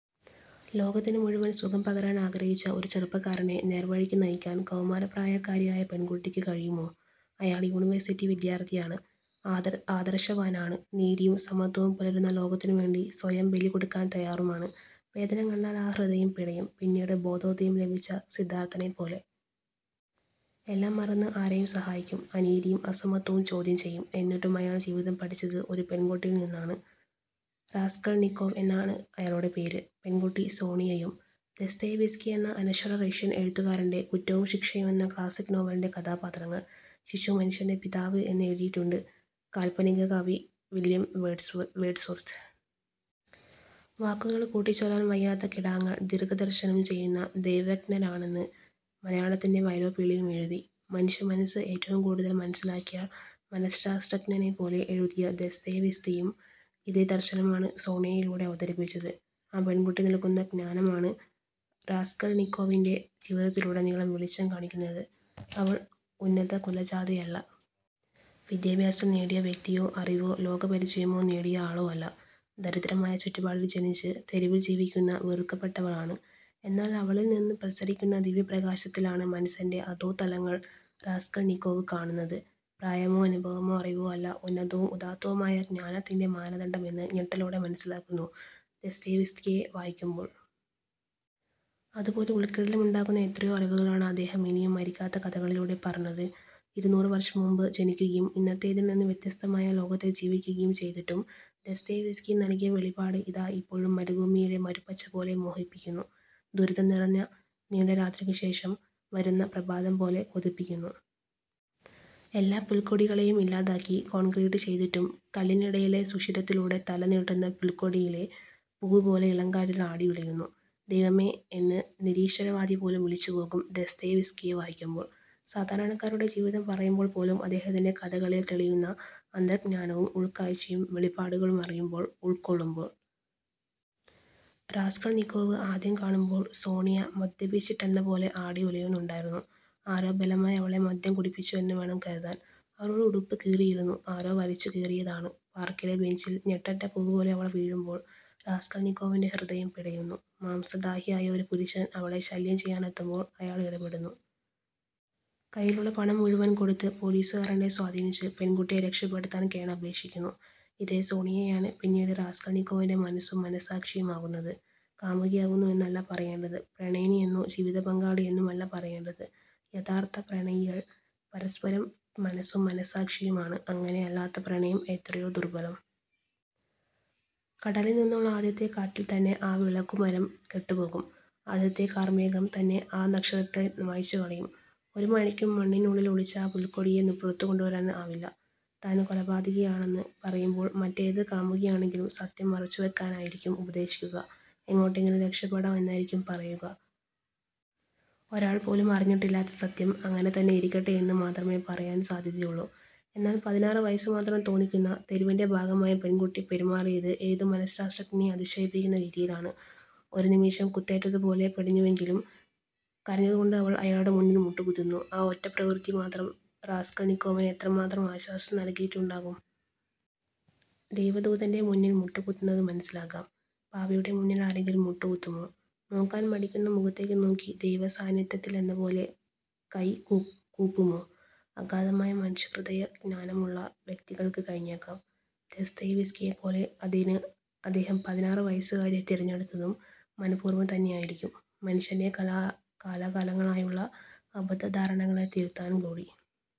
ലോകത്തിനു മുഴുവൻ സുഖം പകരാൻ ആഗ്രഹിച്ച ഒരു ചെറുപ്പക്കാരനെ നേർവഴിക്ക് നയിക്കാൻ കൗമാരപ്രായക്കാരിയായ പെൺകുട്ടിക്ക് കഴിയുമോ? അയാൾ യൂണിവേഴ്സിറ്റി വിദ്യാർത്ഥിയാണ്, ആദർആദർശവാനാണ്. നീതിയും സമത്വവും പുലരുന്ന ലോകത്തിനു വേണ്ടി സ്വയം ബലി കൊടുക്കാൻ തയ്യാറുമാണ്. വേദന കണ്ടാൽ ആ ഹൃദയം പിടയും, പിന്നീട് ബോധോദയം ലഭിച്ച സിദ്ധാർത്ഥനെപ്പോലെ. എല്ലാം മറന്ന് ആരെയും സഹായിക്കും. അനീതിയും അസമത്വവും ചോദ്യം ചെയ്യും. എന്നിട്ടും അയാൾ ജീവിതം പഠിച്ചത് ഒരു പെൺകുട്ടിയിൽ നിന്നാണ്. റാസ്കൾനിക്കോവ് എന്നാണ് അയാളുടെ പേര്. പെൺകുട്ടി സോണിയയും. ദസ്തയേവ്സ്കി എന്ന അനശ്വര റഷ്യൻ എഴുത്തുകാരൻ്റെ കുറ്റവും ശിക്ഷയും എന്ന ക്ലാസിക് നോവലിലെ കഥാപാത്രങ്ങൾ. ശിശു മനുഷ്യൻ്റെ പിതാവ് എന്ന് എഴുതിയിട്ടുണ്ട് കാൽപ്പനിക കവി വില്യം വേഡ്സ്വർത്ത്. വേർഡ്സ് വർക്ക് വാക്കുകൾ കൂട്ടിച്ചൊല്ലാൻ വയ്യാത്ത കിടാങ്ങൾ ദീർഘദർശനം ചെയ്യുന്ന ദൈവജ്ഞരാണെന്ന് മലയാളത്തിൻ്റെ വൈലോപ്പിള്ളിയും എഴുതി. മനുഷ്യ മനസ്സ് ഏറ്റവും കൂടുതൽ മനസ്സിലാക്കിയ, മനഃശാസ്ത്രജ്ഞനെപ്പോലെ എഴുതിയ ദസ്തയേവ്സ്കിയും ഇതേ ദർശനമാണ് സോണിയയിലൂടെ അവതരിപ്പിച്ചത്. ആ പെൺകുട്ടി നൽകുന്ന ജ്ഞാനമാണ് റാസ്കൾനിക്കോവിൻ്റെ ജീവിതത്തിലുടനീളം വെളിച്ചം കാണിക്കുന്നത്. അവൾ ഉന്നത കുലജാതയല്ല. വിദ്യാഭ്യാസം നേടിയ വ്യക്തിയോ അറിവോ ലോകപരിചയമോ നേടിയ ആളോ അല്ല. ദരിദ്രമായ ചുറ്റുപാടിൽ ജനിച്ച്, തെരുവിൽ ജീവിക്കുന്ന വെറുക്കപ്പെട്ടവളാണ്. എന്നാൽ അവളിൽ നിന്ന് പ്രസരിക്കുന്ന ദിവ്യപ്രകാശത്തിലാണ് മനസ്സിലെ അധോതലങ്ങൾ റാസ്കൾനിക്കോവ് കാണുന്നത്. പ്രായമോ അനുഭവമോ അറിവോ അല്ല ഉന്നതവും ഉദാത്തവുമായ ജ്ഞാനത്തിൻ്റെ മാനദണ്ഡമെന്ന് ഞെട്ടലോടെ മനസ്സിലാക്കുന്നു ദസ്തയേവ്സ്കിയെ വായിക്കുമ്പോൾ. അതുപോലെ ഉൾക്കിടിലമുണ്ടാക്കുന്ന എത്രയോ അറിവുകളാണ് അദ്ദേഹം ഇനിയും മരിക്കാത്ത കഥകളിലൂടെ പറഞ്ഞത്. ഇരുനൂറ് വർഷം മുൻപ് ജനിക്കുകയും ഇന്നത്തേതിൽ നിന്ന് വ്യത്യസ്തമായ ലോകത്തിൽ ജീവിക്കുകയും ചെയ്തിട്ടും ദസ്തയേവ്സ്കി നൽകിയ വെളിപാട് ഇതാ ഇപ്പോഴും മരുഭൂമിയിലെ മരുപ്പച്ച പോലെ മോഹിപ്പിക്കുന്നു. ദുരിതം നിറഞ്ഞ നീണ്ട രാത്രിക്കു ശേഷം വരുന്ന പ്രഭാതം പോലെ കൊതിപ്പിക്കുന്നു. എല്ലാ പുൽക്കൊടികളെയും ഇല്ലാതാക്കി കോൺക്രീറ്റ് ചെയ്തിട്ടും കല്ലിനിടയിലെ സുഷിരത്തിലൂടെ തല നീട്ടുന്ന പുൽക്കൊടിയിലെ പൂവ് പോലെ ഇളംകാറ്റിൽ ആടിയുലയുന്നു. ദൈവമേ എന്ന് നിരീശ്വരവാദി പോലും വിളിച്ചുപോകും ദസ്തയേവ്സ്കിയെ വായിക്കുമ്പോൾ. സാധാരണക്കാരുടെ ജീവിതം പറയുമ്പോൾ പോലും അദ്ദേഹത്തിൻ്റെ കഥകളിൽ തെളിയുന്ന അന്തർജ്ഞാനവും ഉൾക്കാഴ്ചയും വെളിപാടുകളും അറിയുമ്പോൾ, ഉൾക്കൊള്ളുമ്പോൾ. റാസ്കൾനിക്കോവ് ആദ്യം കാണുമ്പോൾ സോണിയ മദ്യപിച്ചിട്ടെന്ന പോലെ ആടിയുലയുന്നുണ്ടായിരുന്നു. ആരോ ബലമായി അവളെ മദ്യം കുടിപ്പിച്ചു എന്ന് വേണം കരുതാൻ. അവളുടെ ഉടുപ്പ് കീറിയിരുന്നു. ആരോ വലിച്ചുകീറിയതാണ്. പാർക്കിലെ ബെഞ്ചിൽ ഞെട്ടറ്റ പൂവ് പോലെ അവൾ വീഴുമ്പോൾ, റാസ്കൾനിക്കോവിൻ്റെ ഹൃദയം പിടയുന്നു. മാംസദാഹിയായ ഒരു പുരുഷൻ അവളെ ശല്യം ചെയ്യാനെത്തുമ്പോൾ അയാൾ ഇടപെടുന്നു. കയ്യിലുള്ള പണം മുഴുവൻ കൊടുത്ത് പോലീസുകാരനെ സ്വാധീനിച്ച് പെൺകുട്ടിയെ രക്ഷപ്പെടുത്താൻ കേണപേക്ഷിക്കുന്നു. ഇതേ സോണിയയാണ് പിന്നീട് റാസ്കൾനിക്കോവിൻ്റെ മനസ്സും മനഃസാക്ഷിയുമാകുന്നത്. കാമുകിയാകുന്നു എന്നല്ല പറയേണ്ടത്, പ്രണയിനി എന്നോ ജീവിത പങ്കാളി എന്നുമല്ല പറയേണ്ടത്. യഥാർത്ഥ പ്രണയികൾ പരസ്പരം മനസ്സും മനഃസാക്ഷിയുമാണ്. അങ്ങനെയല്ലാത്ത പ്രണയം എത്രയോ ദുർബലം! കടലിൽ നിന്നുള്ള ആദ്യത്തെ കാറ്റിൽത്തന്നെ ആ വിളക്കുമരം കെട്ടുപോകും. ആദ്യത്തെ കാർമേഘം തന്നെ ആ നക്ഷത്രത്തെ മായ്ച്ചുകളയും. ഒരു മഴയ്ക്കും മണ്ണിനുള്ളിൽ ഒളിച്ച ആ പുൽക്കൊടിയെ പുറത്തുകൊണ്ടുവരാൻ ആവില്ല. താൻ കൊലപാതകിയാണെന്ന് പറയുമ്പോൾ മറ്റേത് കാമുകിയാണെങ്കിലും സത്യം മറച്ചുവെക്കാനായിരിക്കും ഉപദേശിക്കുക. എങ്ങോട്ടെങ്കിലും രക്ഷപ്പെടാം എന്നായിരിക്കും പറയുക. ഒരാൾ പോലും അറിഞ്ഞിട്ടില്ലാത്ത സത്യം അങ്ങനെതന്നെയിരിക്കട്ടെ എന്ന് മാത്രമേ പറയാൻ സാധ്യതയുള്ളൂ. എന്നാൽ, പതിനാറ് വയസ്സ് മാത്രം തോന്നിക്കുന്ന, തെരുവിൻ്റെ ഭാഗമായ പെൺകുട്ടി പെരുമാറിയത് ഏതു മനഃശാസ്ത്രജ്ഞനെയും അതിശയിപ്പിക്കുന്ന രീതിയിലാണ്. ഒരു നിമിഷം കുത്തേറ്റതുപോലെ പിടഞ്ഞുവെങ്കിലും കരഞ്ഞുകൊണ്ട് അവൾ അയാളുടെ മുന്നിൽ മുട്ടുകുത്തുന്നു. ആ ഒറ്റ പ്രവൃത്തി മാത്രം റാസ്കൾനിക്കോവിന് എത്രമാത്രം ആശ്വാസം നൽകിയിട്ടുണ്ടാകും. ദൈവദൂതൻ്റെ മുന്നിൽ മുട്ടുകുത്തുന്നത് മനസ്സിലാക്കാം, പാപിയുടെ മുന്നിൽ ആരെങ്കിലും മുട്ടുകുത്തുമോ? നോക്കാൻ മടിക്കുന്ന മുഖത്തേക്ക് നോക്കി ദൈവസാന്നിധ്യത്തിലെന്നപോലെ കൈകൂപ്പുമോ? അഗാധമായ മനുഷ്യഹൃദയ ജ്ഞാനമുള്ള വ്യക്തികൾക്ക് കഴിഞ്ഞേക്കാം, ദസ്തയേവ്സ്കിയെപ്പോലെ. അതിന് അദ്ദേഹം പതിനാറ് വയസ്സുകാരിയെ തിരഞ്ഞെടുത്തതും മനഃപൂർവ്വം തന്നെയായിരിക്കും, മനുഷ്യൻ്റെ കാലാകാലങ്ങളായുള്ള അബദ്ധ ധാരണകളെ തിരുത്താൻ കൂടി.